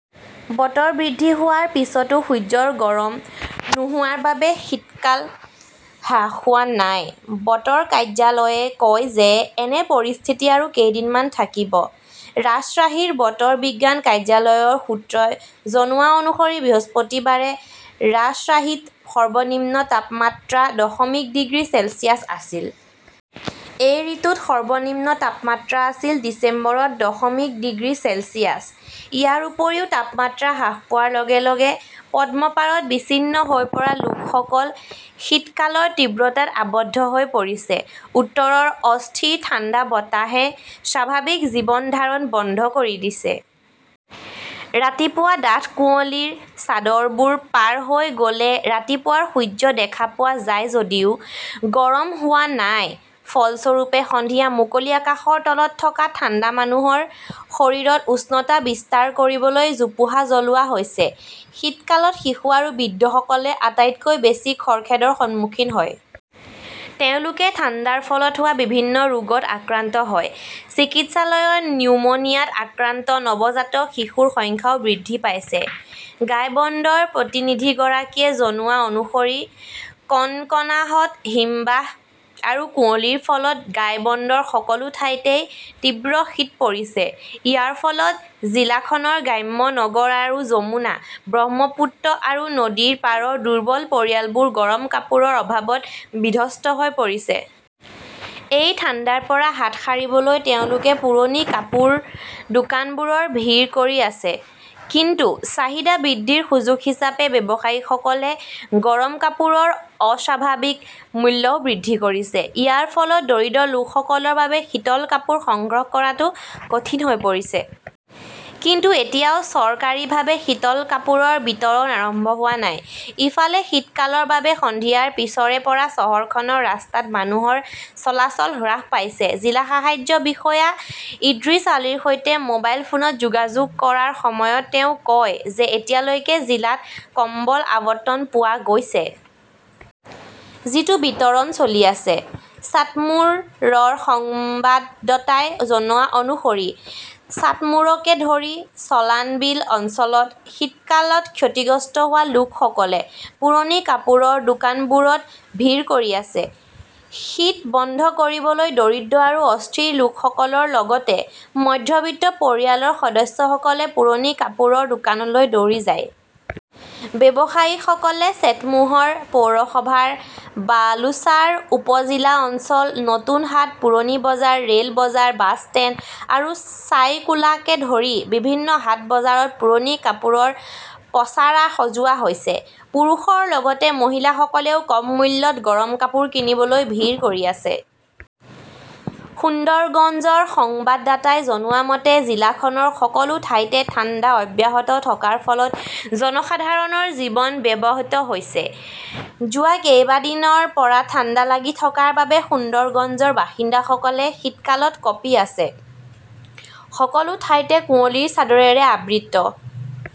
বতৰ বৃদ্ধি হোৱাৰ পিছতো, সূৰ্যৰ গৰম নোহোৱাৰ বাবে শীতকাল হ্ৰাস হোৱা নাই। বতৰ কাৰ্যালয়ে কয় যে এনে পৰিস্থিতি আৰু কেইদিনমান থাকিব। ৰাজশ্বাহীৰ বতৰ বিজ্ঞান কাৰ্যালয়ৰ সূত্ৰই জনোৱা অনুসৰি বৃহস্পতিবাৰে ৰাজশ্বাহীত সৰ্বনিম্ন তাপমাত্ৰা দশমিক ডিগ্ৰী চেলছিয়াছ আছিল। এই ঋতুত সৰ্বনিম্ন তাপমাত্ৰা আছিল ডিচেম্বৰত দশমিক ডিগ্ৰী চেলছিয়াছ। ইয়াৰ উপৰিও তাপমাত্ৰা হ্ৰাস পোৱাৰ লগে লগে পদ্মপাৰত বিচ্ছিন্ন হৈ পৰা লোকসকল শীতকালৰ তীব্ৰতাত আৱদ্ধ হৈ পৰিছে। উত্তৰৰ অস্থিৰ ঠাণ্ডা বতাহে স্বাভাৱিক জীৱন ধাৰণ বন্ধ কৰি দিছে। ৰাতিপুৱা ডাঠ কুঁৱলীৰ চাদৰবোৰ পাৰ হৈ গ "লে ৰাতিপুৱাৰ সূৰ্য দেখা পোৱা যায় যদিও গৰম হোৱা নাই। ফলস্বৰূপে, সন্ধিয়া মুকলি আকাশৰ তলত থকা ঠাণ্ডা মানুহৰ শৰীৰত উষ্ণতা বিস্তাৰ কৰিবলৈ জোপোহা জ্বলোৱা হৈছে। শীতকালত শিশু আৰু বৃদ্ধসকলে আটাইতকৈ বেছি খৰখেদৰ সন্মুখীন হয়। তেওঁলোকে ঠাণ্ডাৰ ফলত হোৱা বিভিন্ন ৰোগত আক্ৰান্ত হয়। চিকিৎসালয়ত নিউমোনিয়াত আক্ৰান্ত নৱজাতক শিশুৰ সংখ্যাও বৃদ্ধি পাইছে। গাইবন্দৰ প্ৰতিনিধিগৰাকীয়ে জনোৱা অনুসৰি কনকনাত হিমবাহ আৰু কুঁৱলীৰ ফলত গাইবন্দৰ সকলো ঠাইতে তীব্ৰ শীত পৰিছে। ইয়াৰ ফলত জিলাখনৰ গ্ৰাম্য নগৰ আৰু যমুনা, ব্ৰহ্মপুত্ৰ আৰু নদীৰ পাৰৰ দুৰ্বল পৰিয়ালবোৰ গৰম কাপোৰৰ অভাৱত বিধ্বস্ত হৈ পৰিছে। এই ঠাণ্ডাৰ পৰা হাত সাৰিবলৈ তেওঁলোকে পুৰণি কাপোৰৰ দোকানবোৰত ভিৰ কৰি আছে। কিন্তু চাহিদা বৃদ্ধিৰ সুযোগ হিচাপে ব্যৱসায়ীসকলে গৰম কাপোৰৰ অস্বাভাৱিক মূল্যও বৃদ্ধি কৰিছে। ইয়াৰ ফলত দৰিদ্ৰ লোকসকলৰ বাবে শীতল কাপোৰ সংগ্ৰহ কৰাটো কঠিন হৈ পৰিছে। কিন্তু এতিয়াও চৰকাৰীভাৱে শীতল কাপোৰৰ বিতৰণ আৰম্ভ হোৱা নাই। ইফালে, এই শীতকালৰ বাবে সন্ধিয়াৰ পিছৰে পৰা চহৰখনৰ ৰাস্তাত মানুহৰ চলাচল হ্ৰাস পাইছে। জিলা সাহায্য বিষয়া ইদ্ৰিছ আলীৰ সৈতে মোবাইল ফোনত যোগাযোগ কৰাৰ সময়ত তেওঁ কয় যে এতিয়ালৈকে জিলাত কম্বল আবণ্টন পোৱা গৈছে। যিটো বিতৰণ চলি আছে। চাটমোৰ ৰ সংবাদদাতাই জনোৱা অনুসৰি চাটমোৰকে ধৰি চলানবিল অঞ্চলত শীতকালত ক্ষতিগ্ৰস্ত হোৱা লোকসকলে পুৰণি কাপোৰৰ দোকানবোৰত ভিৰ কৰি আছে। শীত বন্ধ কৰিবলৈ দৰিদ্ৰ আৰু অস্থিৰ লোকসকলৰ লগতে মধ্যবিত্ত পৰিয়ালৰ সদস্যসকলে পুৰণি কাপোৰৰ দোকানলৈ দৌৰি যায়। ব্যৱসায়ীসকলে চেটমোহৰ পৌৰসভাৰ বালুচাৰ, উপ-জিলা অঞ্চল, নতুন হাট, পুৰণি বজাৰ, ৰে "ল বজাৰ, বাছ ষ্টেণ্ড আৰু ছাইকোলাকে ধৰি বিভিন্ন হাট বজাৰত পুৰণি কাপোৰৰ পছাৰা সজোৱা হৈছে। পুৰুষৰ লগতে মহিলাসকলেও কম মূল্যত গৰম কাপোৰ কিনিবলৈ ভিৰ কৰি আছে। সুন্দৰগঞ্জ ৰ সংবাদদাতাই জনোৱা মতে, জিলাখনৰ সকলো ঠাইতে ঠাণ্ডা অব্যাহত থকাৰ ফলত জনসাধাৰণৰ জীৱন ব্যাহত হৈছে। যোৱা কেইদিনমানৰ পৰা ঠাণ্ডা লাগি থকাৰ বাবে সুন্দৰগঞ্জৰ বাসিন্দাসকলে শীতকালত কঁপি আছে। সকলো ঠাইতে কুঁৱলীৰ চাদৰেৰে আবৃত